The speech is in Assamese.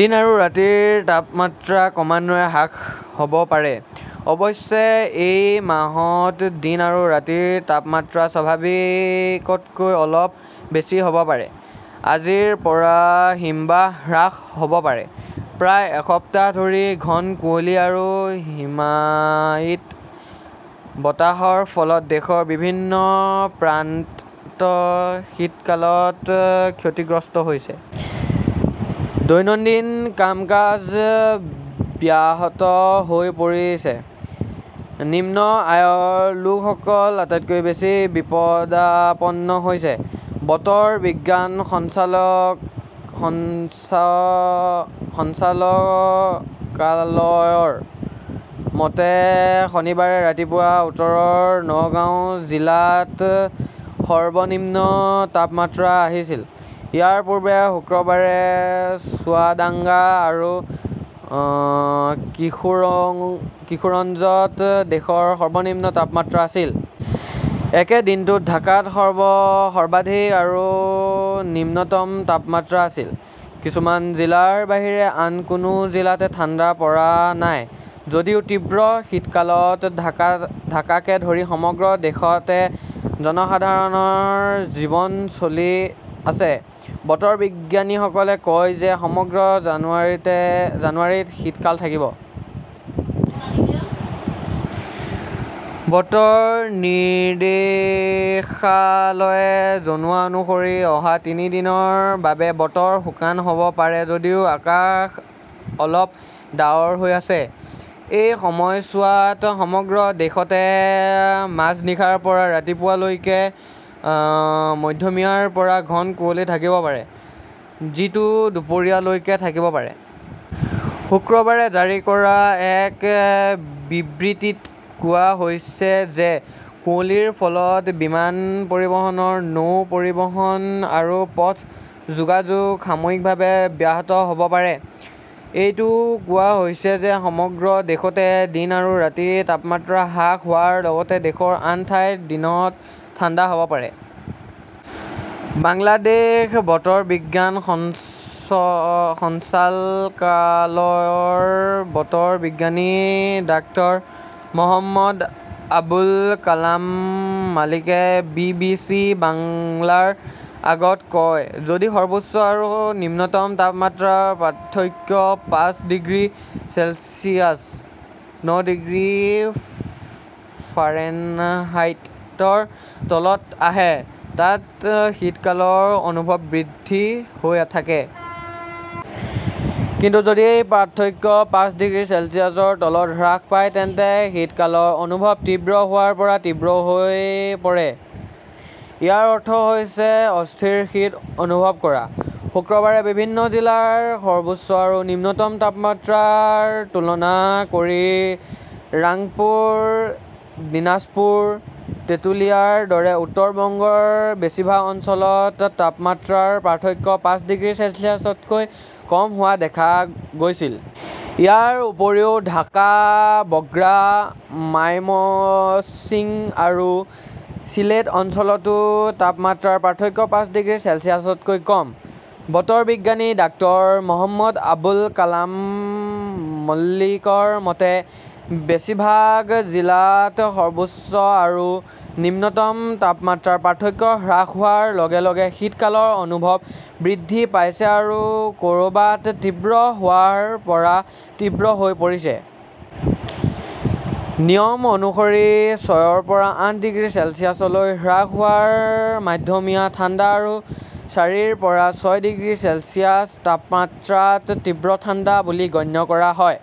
দিন আৰু ৰাতিৰ তাপমাত্ৰা ক্ৰমান্বয়ে হ্ৰাস হ'ব পাৰে। অৱশ্যে, এই মাহত দিন আৰু ৰাতিৰ তাপমাত্ৰা স্বাভাৱিকতকৈ অলপ বেছি হ'ব পাৰে। আজিৰ পৰা হিমবাহ হ্ৰাস হ'ব পাৰে। প্ৰায় এসপ্তাহ ধৰি ঘন কুঁৱলী আৰু হিমায়িত বতাহৰ ফলত দেশৰ বিভিন্ন প্ৰান্ত শীতকালত ক্ষতিগ্ৰস্ত হৈছে। দৈনন্দিন কাম-কাজ ব্যাহত হৈ পৰিছে। নিম্ন আয়ৰ লোকসকল আটাইতকৈ বেছি বিপদাপন্ন হৈছে। বতৰ বিজ্ঞান সঞ্চালকালয়ৰ মতে, শনিবাৰে ৰাতিপুৱা উত্তৰৰ নওগাঁ জিলাত সৰ্বনিম্ন তাপমাত্ৰা আছিল। ইয়াৰ পূৰ্বে শুক্ৰবাৰে চুৱাডাঙ্গা আৰু কিশোৰগঞ্জত দেশৰ সৰ্বনিম্ন তাপমাত্ৰা আছিল। একে দিনটোত ঢাকাত সৰ্বাধিক আৰু নিম্নতম তাপমাত্ৰা আছিল। কিছুমান জিলাৰ বাহিৰে আন কোনো জিলাতে ঠাণ্ডা পৰা নাই যদিও তীব্ৰ শীতকালত ঢাকাকে ধৰি সমগ্ৰ দেশতে জনসাধাৰণৰ জীৱন চলি আছে। বতৰ বিজ্ঞানীসকলে কয় যে, সমগ্ৰ জানুৱাৰীতে জানুৱাৰীত শীতকাল থাকিব। বতৰ নিৰ্দেশালয়ে জনোৱা অনুসৰি অহা তিনি দিনৰ বাবে বতৰ শুকান হ'ব পাৰে যদিও আকাশ অলপ ডাৱৰ হৈ আছে। এই সময়ছোৱাত সমগ্ৰ দেশতে মাজনিশাৰ পৰা ৰাতিপুৱা লৈকে মধ্যমীয়াৰ পৰা ঘন কুঁৱলী থাকিব পাৰে, যিটো দুপৰীয়া লৈকে থাকিব পাৰে। শুক্ৰবাৰে জাৰি কৰা এক বিবৃতিত কোৱা হৈছে যে, কুঁৱলীৰ ফলত বিমান পৰিবহণ, নৌ পৰিবহণ আৰু পথ যোগাযোগ সাময়িকভাৱে ব্যাহত হ'ব পাৰে। এইটোও কোৱা হৈছে যে সমগ্ৰ দেশতে দিন আৰু ৰাতিৰ তাপমাত্ৰা হ্ৰাস হোৱাৰ লগতে দেশৰ আন ঠাইত দিনত ঠাণ্ডা হ'ব পাৰে। বাংলাদেশ বতৰ বিজ্ঞান সঞ্চালকালয়ৰ বতৰ বিজ্ঞানী ডাঃ মহম্মদ আবুল কালাম মালিকে বি. বি. চি. বাংলাৰ আগত কয়, "যদি সৰ্বোচ্চ আৰু নিম্নতম তাপমাত্ৰাৰ পাৰ্থক্য পাঁচ ডিগ্ৰী চেলছিয়াছ (ন' ডিগ্ৰী ফাৰেনহাইট)ৰ তলত আহে, তাত শীতকালৰ অনুভৱ বৃদ্ধি হৈ থাকে।" কিন্তু যদি এই পাৰ্থক্য পাঁচ ডিগ্ৰী চেলছিয়াছৰ তলত হ্ৰাস পায়, তেন্তে শীতকালৰ অনুভৱ তীব্ৰ হোৱাৰ পৰা তীব্ৰ হৈ পৰে। ইয়াৰ অৰ্থ হৈছে অস্থিৰ শীত অনুভৱ কৰা। শুক্ৰবাৰে বিভিন্ন জিলাৰ সৰ্বোচ্চ আৰু নিম্নতম তাপমাত্ৰাৰ তুলনা কৰি ৰাংপুৰ, দিনাজপুৰ, তেটুলিয়াৰ দৰে উত্তৰ বংগৰ বেছিভাগ অঞ্চলত তাপমাত্ৰাৰ পাৰ্থক্য পাঁচ ডিগ্ৰী চেলছিয়াছতকৈ কম হোৱা দেখা গৈছিল। ইয়াৰ উপৰিও ঢাকা, বগ্ৰা, মাইমশ্বিং আৰু চিলেট অঞ্চলতো তাপমাত্ৰাৰ পাৰ্থক্য পাঁচ ডিগ্ৰী চেলছিয়াছতকৈ কম। বতৰ বিজ্ঞানী ডাঃ মহম্মদ আবুল কালাম মল্লিকৰ মতে, বেছিভাগ জিলাত সৰ্বোচ্চ আৰু নিম্নতম তাপমাত্ৰাৰ পাৰ্থক্য হ্ৰাস হোৱাৰ লগে লগে শীতকালৰ অনুভৱ বৃদ্ধি পাইছে আৰু ক'ৰবাত তীব্ৰ হোৱাৰ পৰা তীব্ৰ হৈ পৰিছে। নিয়ম অনুসৰি, ছয়ৰ পৰা আঠ ডিগ্ৰী চেলছিয়াছলৈ হ্ৰাস হোৱাত মধ্যমীয়া ঠাণ্ডা আৰু চাৰিৰ পৰা ছয় ডিগ্ৰী চেলছিয়াছ তাপমাত্ৰাত তীব্ৰ ঠাণ্ডা বুলি গণ্য কৰা হয়।